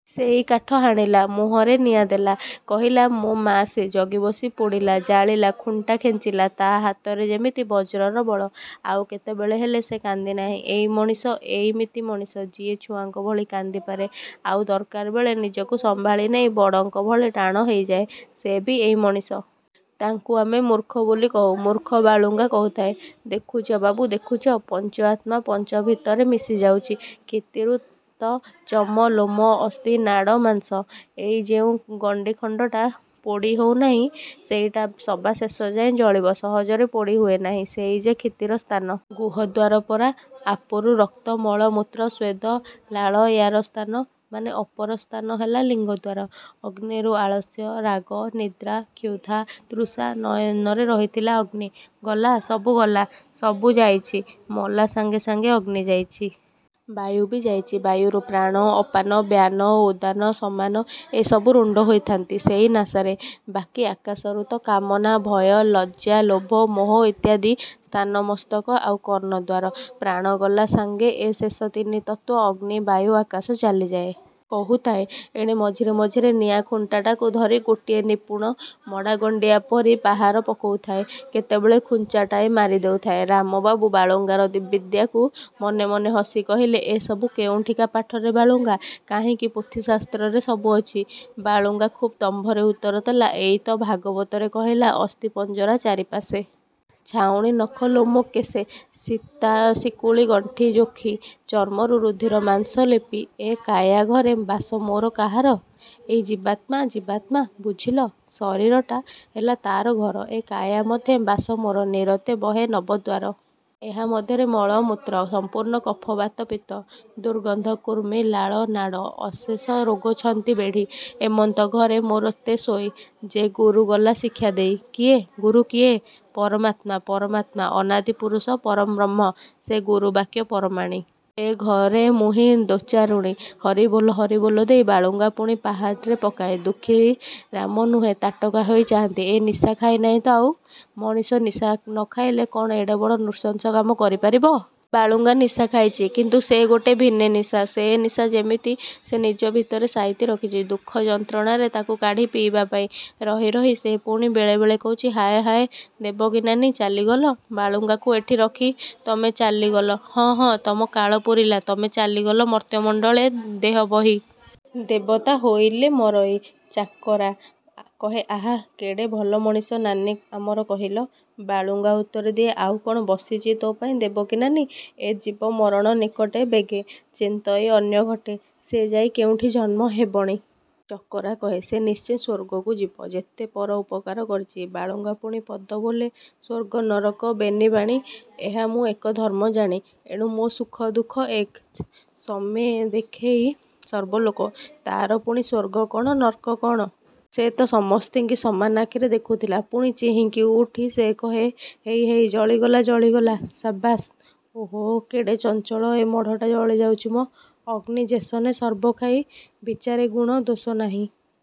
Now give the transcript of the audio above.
ସେଇ କାଠ ହାଣିଲା। ମୁହଁରେ ନିଆଁ ଦେଲା। କହିଲା ମୋ ମା ସେ। ଜଗିବସି ପୋଡ଼ିଲା ଜାଲିଲା ଖୁଣ୍ଟା ଖେଞ୍ଚିଲା। ତା' ହାତରେ ଯେମିତି ବଜ୍ରର ବଳ। ଆଉ କେତେବେଳେ ହେଲେ ସେ କାନ୍ଦି ନାହିଁ। ଏଇ ମଣିଷ। ଏଇମିତି ମଣିଷ। ଯିଏ ଛୁଆଙ୍କ ଭଳି କାନ୍ଦିପାରେ; ଆଉ ଦରକାରବେଳେ ନିଜକୁ ସମ୍ଭାଳି ନେଇ ବଡ଼ଙ୍କ ଭଳି ଟାଣ ହେଇଯାଏ ସେ ବି ଏଇ ମଣିଷ। ତାଙ୍କୁ ଆମେ ମୂର୍ଖ ବୋଲି କହୁ। ମୂର୍ଖ ବାଳୁଙ୍ଗା କହୁଥାଏ ''ଦେଖୁଛ ବାବୁ ଦେଖୁଛ ପଞ୍ଚ ଆତ୍ମା ପଞ୍ଚ ଭିତରେ ମିଶିଯାଉଚି। କ୍ଷିତିରୁ ତ ଚମ, ଲୋମ, ଅସ୍ଥି, ନାଡ଼, ମାଂସ। ଏଇ ଯେଉଁ ଗଣ୍ଡି ଖଣ୍ଡଟା ପୋଡ଼ି ହଉ ନାହିଁ ସେଇଟା ସବା ଶେଷଯାଏଁ ଜଳିବ ସହଜରେ ପୋଡ଼ି ହୁଏ ନାହିଁ ସେଇ ଯେ କ୍ଷିତିର ସ୍ଥାନ। ଗୁହ୍ୟ ଦ୍ୱାର ପରା! ଆପରୁ ରକ୍ତ, ମଳ, ମୂତ୍ର, ସ୍ୱେଦ, ଲାଳ ୟାର ସ୍ଥାନ, ମାନେ ଅପର ସ୍ଥାନ ହେଲା ଲିଙ୍ଗଦ୍ୱାର। ଅଗ୍ନିରୁ ଆଳସ୍ୟ, ରାଗ, ନିଦ୍ରା, କ୍ଷୁଧା, ତୃଷା ନୟନରେ ରହିଥିଲା ଅଗ୍ନି। ଗଲା । ସବୁ ଗଲା। ସବୁ ଯାଇଚି। ମଲା ସାଙ୍ଗେ ସାଙ୍ଗେ ଅଗ୍ନି ଯାଇଛି। ବାୟୁବି ଯାଇଚି । ବାୟୁରୁ ପ୍ରାଣ, ଅପାନ, ବ୍ୟାନ, ଉଦାନ ସମାନ ଏ ସବୁ ରୁଣ୍ଡ ହୋଇଥାନ୍ତି ସେଇ ନାସାରେ। ବାକି ଆକାଶରୁ ତ କାମନା, ଭୟ, ଲଜ୍ଜା, ଲୋଭ, ମୋହ ଇତ୍ୟାଦି–ସ୍ଥାନ ମସ୍ତକ ଆଉ କର୍ଣ୍ଣ ଦ୍ୱାର । ପ୍ରାଣ ଗଲା ସାଙ୍ଗେ ଏ ଶେଷ ତିନି ତତ୍ତ୍ୱ ଅଗ୍ନି ବାୟୁ ଆକାଶ ଚାଲିଯାଏ। କହୁଥାଏ, ଏଣେ ମଝିରେ ମଝିରେ ନିଆଁ ଖୁଣ୍ଟାଟାକୁ ଧରି ଗୋଟିଏ ନିପୁଣ ମଡ଼ା ଗଣ୍ଡିଆ ପରି ପାହାରେ ପକଉଥାଏ, କେତେବେଳେ ଖୁଞ୍ଚାଟାଏ ମାରି ଦେଉଥାଏ। ରାମବାବୁ ବାଳୁଙ୍ଗାର ବିଦ୍ୟାକୁ ମନେ ମନେ ହସି କହିଲେ ଏ ସବୁ କେଉଁଠିକା ପାଠରେ ବାଳୁଙ୍ଗା। କାହିଁକି ପୋଥି ଶାସ୍ତ୍ରରେ ସବୁ ଅଛି ବାଳୁଙ୍ଗା ଖୁବ୍ ଦମ୍ଭରେ ଉତ୍ତର ଦେଲା ଏଇ ତ ଭାଗବତରେ କହିଲା ଅସ୍ଥିପଞ୍ଜରା ଚାରିପାଶେ। ଛାଉଣୀ ନଖ ଲୋମ କେଶେ। ଶିତ୍ତା ଶିକୁଳି ଗଣ୍ଠି ଯୋଖି। ଚର୍ମ ରୁଧିର ମାଂସ ଲେପି। ଏ କାୟା ଘରେ ବାସ ମୋର ''କାହାର? ଏଇ ଜୀବାତ୍ମା ଜୀବାତ୍ମା। ବୁଝିଲ? ଶରୀରଟା। ହେଲା ତା'ର ଘର। ଏ କାୟା ମଧ୍ୟେ ବାସ ମୋର। ନିରତେ ବହେ ନବଦ୍ୱାର। ଏହା ମଧ୍ୟରେ ମଳ ମୂତ୍ର। ସମ୍ପୂର୍ଣ୍ଣ କଫ ବାତ ପିତ୍ତ। ଦୁର୍ଗନ୍ଧ କୃମେ ଲାଳ ନାଡ଼। ଅଶେଷ ରୋଗେ ଛନ୍ତି ବେଢ଼ି। ଏମନ୍ତ ଘରେ ମୋତେ ଶୋଇ। ଯେ ଗୁରୁ ଗଲା ଶିକ୍ଷାଦେଇ। କିଏ? ଗୁରୁ କିଏ? ପରମାତ୍ମା, ପରମାତ୍ମା ଅନାଦିପୁରୁଷ ପରଂବ୍ରହ୍ମ! ''ସେ ଗୁରୁ ବାକ୍ୟ ପରମାଣି। ଏ ଘରେ ମୁହିଁ ଦୋଚାରୁଣୀ। ହରିବୋଲ! '' ହରିବୋଲ ଦେଇ ବାଳୁଙ୍ଗା ପୁଣି ପାହାରେ ପକାଏ। ଦୁଃଖୀ ରାମ ଦୁହେଁ ତାଟକା ହେଇ ଚାହାଁନ୍ତି। ଏ ନିଶା ଖାଇ ନାହିଁ ତ ଆଉ। ମଣିଷ ନିଶା ନ ଖାଇଲେ କ'ଣ ଏଡ଼େ ବଡ଼ ନୃଶଂସ କାମ କରି ପାରିବ? ବାଳୁଙ୍ଗା ନିଶା ଖାଇଛି। କିନ୍ତୁ ସେ ଗୋଟିଏ ଭିନେ ନିଶା। ସେ ନିଶା ଯେମିତି ସେ ନିଜ ଭିତରେ ସାଇତି ରଖିଚି ଦୁଃଖ ଯନ୍ତ୍ରଣାରେ ତାକୁ କାଢ଼ି ପିଇବାପାଇଁ। ରହି ରହି ସେ ପୁଣି ବେଳେବେଳେ କହୁଛି ''ହାୟ ହାୟ ଦେବକୀ ନାନୀ ଚାଲିଗଲ ବାଳୁଙ୍ଗାକୁ ଏଠି ରଖି ତମେ ଚାଲିଗଲ ହଁ ହଁ ତମ କାଳ ପୂରିଲା ତମେ ଚାଲିଗଲ ମର୍ତ୍ତ୍ୟମଣ୍ଡଳେ ଦେହବହି। ଦେବତା ହୋଇଲେ ମରଇ। ଚକରା କହେ ଆଃ କେଡ଼େ ଭଲ ମଣିଷ ନାନୀ ଆମର କହିଲ। ବାଳୁଙ୍ଗା ଉତ୍ତର ଦିଏ ଆଉ କ'ଣ ବସିଚି ତୋପାଇଁ ଦେବକୀ ନାନୀ ଏ ଜୀବ ମରଣ ନିକଟେ ବେଗେ। ଚିନ୍ତଇ ଅନ୍ୟ ଘଟେ। ସେ ଯାଇ କେଉଁଠି ଜନ୍ମ ହେବଣି। ଚକରା କହେ ସେ ନିଶ୍ଚେ ସ୍ୱର୍ଗକୁ ଯିବ ଯେତେ ପର ଉପକାର କରିଛି। ବାଳୁଙ୍ଗା ପୁଣି ପଦ ବୋଲେ ସ୍ଵର୍ଗ ନରକ ବେନିବାଣୀ। ଏହା ମୁଁ ଏକ ଧର୍ମ ଜାଣି। ଏଣୁ ମୋ ସୁଖ ଦୁଃଖ ଏକ। ସମେ ଦେଖଇ ସର୍ବଲୋକ। ତା'ର ପୁଣି ସ୍ୱର୍ଗ କ'ଣ ନର୍କ କ'ଣ। ସେ ତ ସମସ୍ତିଙ୍କି ସମାନ ଆଖିରେ ଦେଖୁଥିଲା। ପୁଣି ଚିହିଁକି ଉଠି ସେ କହେ ହେଇ ହେଇ ଜଳିଗଲା ଜଳିଗଲା ସାବାସ୍ ଓଃ କେଡ଼େ ଚଞ୍ଚଳ ଏ ମଢ଼ାଟା ଜଳି ଯାଉଚି ମ ଅଗ୍ନି ଯେସନେ ସର୍ବ ଖାଇ। ବିଚାରେ ଗୁଣ ଦୋଷ ନାହିଁ।